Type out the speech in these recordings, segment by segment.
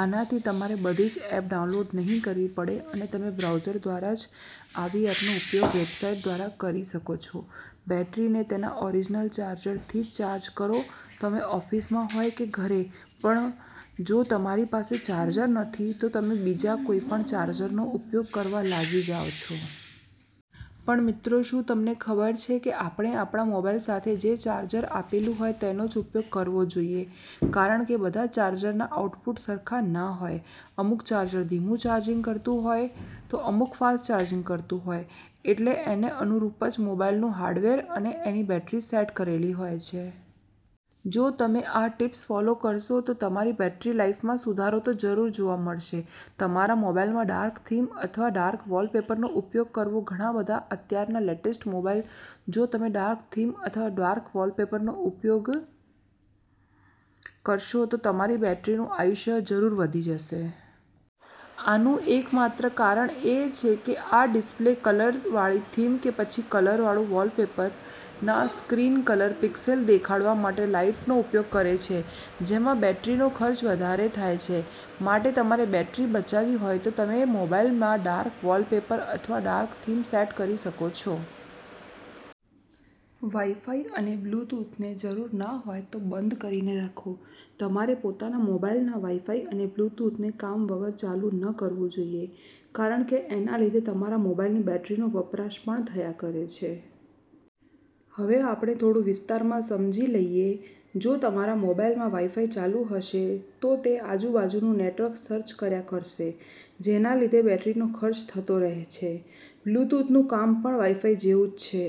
આનાથી તમારે બધી જ એપ ડાઉનલોડ નહીં કરવી પડે અને તમે બ્રાઉઝર દ્વારા જ આવી એપનો ઉપયોગ વેબસાઇટ દ્વારા કરી શકો છો. બેટરીને તેના ઓરિજિનલ ચાર્જરથી જ ચાર્જ કરો. તમે ઓફીસમાં હોય કે ઘરે પણ જો તમારી પાસે ચાર્જર નથી તો તમે બીજા કોઈ પણ ચાર્જરનો ઉપયોગ કરવા લાગી જાવ છો. પણ મિત્રો શુ તમને ખબર છે કે આપણે આપણા મોબાઈલ સાથે જે ચાર્જર આપેલું હોય તેનો જ ઉપયોગ કરવો જોઈએ કારણ કે બધા ચાર્જરના આઉટપુટ સરખા ના હોય, અમુક ચાર્જર ધીમું ચાર્જિંગ કરતું હોય તો અમુક ફાસ્ટ ચાર્જિંગ કરતું હોય એટલે એને અનુરૂપ જ મોબાઈલનું હાર્ડવેર અને એની બેટરી સેટ કરેલી હોય છે. જો તમે આ ટિપ્સ ફોલો કરશો તો તમારી બેટરી લાઈફમાં સુધારો તો જરૂર જોવા મળશે. તમારા મોબાઈલમાં ડાર્ક થીમ અથવા ડાર્ક વોલપેપરનો ઉપયોગ કરવો. ઘણા બધા અત્યારના લેટેસ્ટ મોબાઈલમાં જો તમે ડાર્ક થીમ અથવા ડાર્ક વોલપેપરનો ઉપયોગ કરશો તો તમારી બેટરીનું આયુષ્ય જરૂર વધી જશે. આનું એક માત્ર કારણ એ છે કે આ ડિસ્પ્લે કલર વાળી થીમ કે પછી કલર વાળું વોલપેપરના સ્ક્રીન કલર પિક્સેલ દેખાડવા માટે લાઈટનો ઉપયોગ કરે છે જેમાં બેટરીનો ખર્ચ વધારે થાય છે. માટે તમારે બેટરી બચાવી હોય તો તમે મોબાઇલમાં ડાર્ક વોલપેપર અથવા ડાર્ક થીમ સેટ કરી શકો છો. વાઈફાઈ અને બ્લૂટૂથને જરૂર ના હોય તો બંધ કરી ને રાખો .તમારે પોતાના મોબાઇલના વાઈફાઈ અને બ્લૂટૂથને કામ વગર ચાલુ ન કરવું જોઈએ કારણ કે એના લીધે તમારા મોબાઈલની બેટરીનો વપરાશ પણ થયા કરે છે. હવે આપણે થોડું વિસ્તારમાં સમજી લઈએ, જો તમારા મોબાઈલમાં વાઈફાઈ ચાલુ હશે તો તે આજુ બાજુનું નેટવર્ક સર્ચ કર્યા કરશે જેના લીધે બેટરીનો ખર્ચ થતો રહે છે. બ્લ્યુટૂથનું કામ પણ વાઈફાઈ જેવું જ છે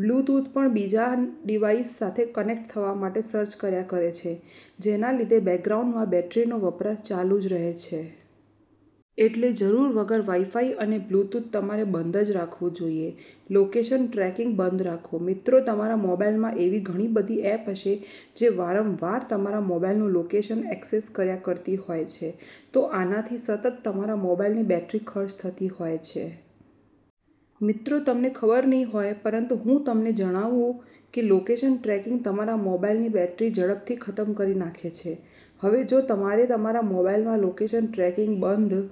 બ્લ્યુટૂથ પણ બીજા ડીવાઈસ સાથે કનેક્ટ થવા માટે સર્ચ કર્યા કરે છે જેને લીધે બૅકગ્રાઉન્ડમાં બેટરીનો વપરાશ ચાલુ જ રહે છે. એટલે જરૂર વગર વાઈફાઈ અને બ્લટૂથ તમારે બંધ જ રાખવું જોઈએ. લોકેશન ટ્રેકિંગ બંધ રાખો .મિત્રો તમારા મોબાઈલમાં એવી ઘણી બધી એપ હશે જે વારંવાર તમારા મોબાઈલનું લોકેશન ઍક્સેસ કર્યા કરતી હોય છે તો આનાથી સતત તમારા મોબાઈલની બેટરી ખર્ચ થતી હોય છે. મિત્રો તમને ખબર નહિ હોય પરંતુ હું તમને જણાવું કે લોકેશન ટ્રેકિંગ તમારા મોબાઈલની બેટરી ઝડપથી ખત્મ કરી નાખે છે. હવે જો તમારે તમારા મોબાઈલમાં લોકેશન ટ્રેકિંગ બંધ